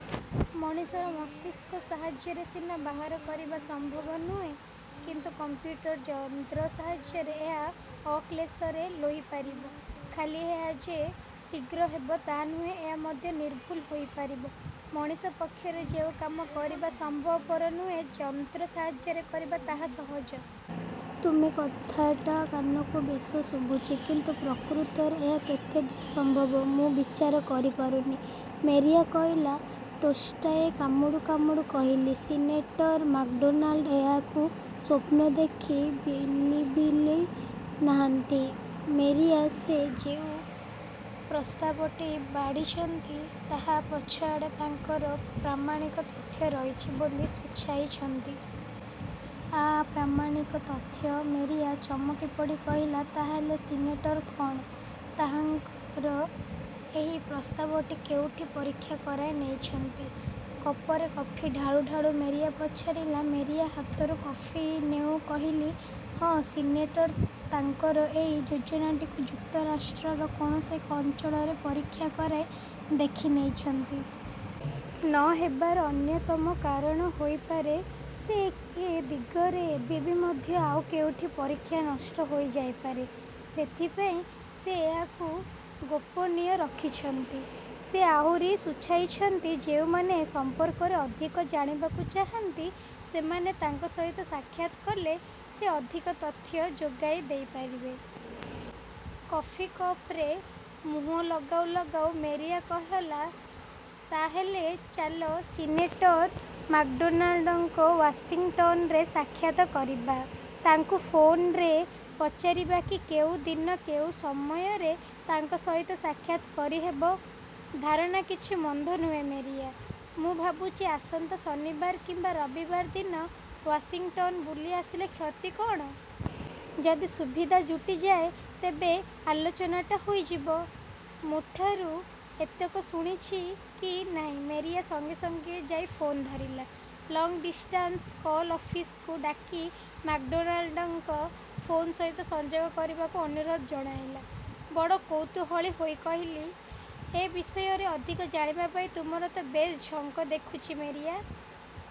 ମଣିଷର ମସ୍ତିଷ୍କ ସାହାଯ୍ୟରେ ସିନା ବାହାର କରିବା ସମ୍ଭବ ନୁହେଁ କିନ୍ତୁ କଂପ୍ୟୁଟର ଯନ୍ତ୍ର ସାହାଯ୍ୟରେ ଏହା ଅକ୍ଳେଶରେ ଲୋଇପାରିବ। ଖାଲି ଏହା ଯେ ଶୀଘ୍ର ହେବ ତା'ନୁହେଁ, ଏହା ମଧ୍ୟ ନିର୍ଭୁଲ ହୋଇପାରିବ। ମଣିଷ ପକ୍ଷରେ ଯେଉଁ କାମ କରିବା ସମ୍ଭବପର ନୁହେଁ ଯନ୍ତ୍ର ସାହାଯ୍ୟରେ କରିବା ତାହା ସହଜ। ତୁମେ କଥାଟା କାନକୁ ବେଶ ଶୁଭୁଛି କିନ୍ତୁ ପ୍ରକୃତରେ ଏହା କେତେ ଦୂର ସମ୍ଭବ ମୁଁ ବିଚାର କରିପାରୁନି ମେରିଆ କହିଲା ଟୋଷ୍ଟଟାଏ କାମୁଡ଼ୁ କାମୁଡ଼ୁ କହିଲି ସିନେଟର ମାକ୍ଡୋନାଲ୍ଡ ଏହାକୁ ସ୍ୱପ୍ନ ଦେଖି ବିଳିବିଳେଇ ନାହାନ୍ତି ମେରିଆ, ସେ ଯେଉ ପ୍ରସ୍ତାବଟି ବାଢ଼ିଛନ୍ତି, ତାହା ପଛଆଡ଼େ ତାଙ୍କର ପ୍ରାମାଣିକ ତଥ୍ୟ ରହିଛି ବୋଲି ସୁଚାଇଛନ୍ତି? ଆଁ ପ୍ରାମାଣିକ ତଥ୍ୟ? ମେରିଆ ଚମକି ପଡ଼ି କହିଲା ତାହେଲେ ସିନେଟର୍ କଣ ତାଙ୍କର ଏହି ପ୍ରସ୍ତାବଟି କେଉଁଠି ପରୀକ୍ଷା କରାଇ ନେଇଛନ୍ତି? କପରେ କଫି ଢାଳୁ ଢାଳୁ ମେରିଆ ପଚାରିଲା। ମେରିଆ ହାତରୁ କଫି ନେଉ କହିଲି, ହଁ ସିନେଟର ତାଙ୍କର ଏହି ଯୋଜନାଟିକୁ ଯୁକ୍ତରାଷ୍ଟ୍ରର କୌଣସି ଏକ ଅଞ୍ଚଳରେ ପରୀକ୍ଷା କରାଇ ଦେଖି ନେଇଛନ୍ତି। ନ ହେବାର ଅନ୍ୟତମକାରଣ ହୋଇପାରେ, ସେ ଏ ଦିଗରେ ଏବେବି ମଧ୍ୟ ଆଉ କେଉଁଠି ପରୀକ୍ଷା ନଷ୍ଟ ହୋଇଯାଇପାରେ, ସେଥିପାଇଁ ସେ ଏହାକୁ ଗୋପନୀୟ ରଖିଛନ୍ତି। ସେ ଆହୁରି ସୂଚାଇଛନ୍ତି, ଯେଉଁମାନେ ଏ ସମ୍ପର୍କରେ ଅଧିକ ଜାଣିବାକୁ ଚାହାନ୍ତି, ସେମାନେ ତାଙ୍କ ସହିତ ସାକ୍ଷାତ କଲେ, ସେ ଅଧିକ ତଥ୍ୟ ଯୋଗାଇ ଦେଇପାରିବେ। କଫି କପରେ ମୁହଁ ଲଗାଉ ଲଗାଉ ମେରିଆ କହଲା ତାହେଲେ ଚାଲ ସିନେଟର ମାକଡୋନାଲ୍ଡଙ୍କ ୱାସିଙ୍ଗଟନରେ ସାକ୍ଷାତ କରିବା। ତାଙ୍କୁ ଫୋନରେ ପଚାରିବାକି କେଉଁ ଦିନ କେଉଁ ସମୟରେ ତାଙ୍କ ସହିତ ସାକ୍ଷାତ କରି ହେବ? ଧାରଣା କିଛି ମନ୍ଦ ନୁହେଁ ମେରିଆ। ମୁଁ ଭାବୁଛି ଆସନ୍ତା ଶନିବାର କିମ୍ବା ରବିବାର ଦିନ ୱାସିଙ୍ଗଟନ୍ ବୁଲି ଆସିଲେ କ୍ଷତି କ'ଣ? ଯଦି ସୁବିଧା ଜୁଟିଯାଏ ତେବେ ଆଲୋଚନାଟା ହୋଇଯିବ। ମୋଠାରୁ ଏତକ ଶୁଣିଛି କି ନାହିଁ ମେରିଆ ସଙ୍ଗେ ସଙ୍ଗେ ଯାଇ ଫୋନ ଧରିଲା, ଲଙ୍ଗ ଡିଷ୍ଟାନସ୍ କଲ୍ ଅଫିସକୁ ଡାକି ମାକଡୋନାଲ୍ଡଙ୍କ ଫୋନ ସହିତ ସଂଯୋଗ କରିବାକୁ ଆନୁରୋଧ ଜଣାଇଲା। ବଡ଼ କୌତୂହଳୀ ହୋଇ କହିଲି, 'ଏ ବିଷୟରେ ଅଧିକ ଜାଣିବା ପାଇଁ ତୁମର ତ ବେଶ୍ ଝଙ୍କ ଦେଖୁଛି ମେରିଆ।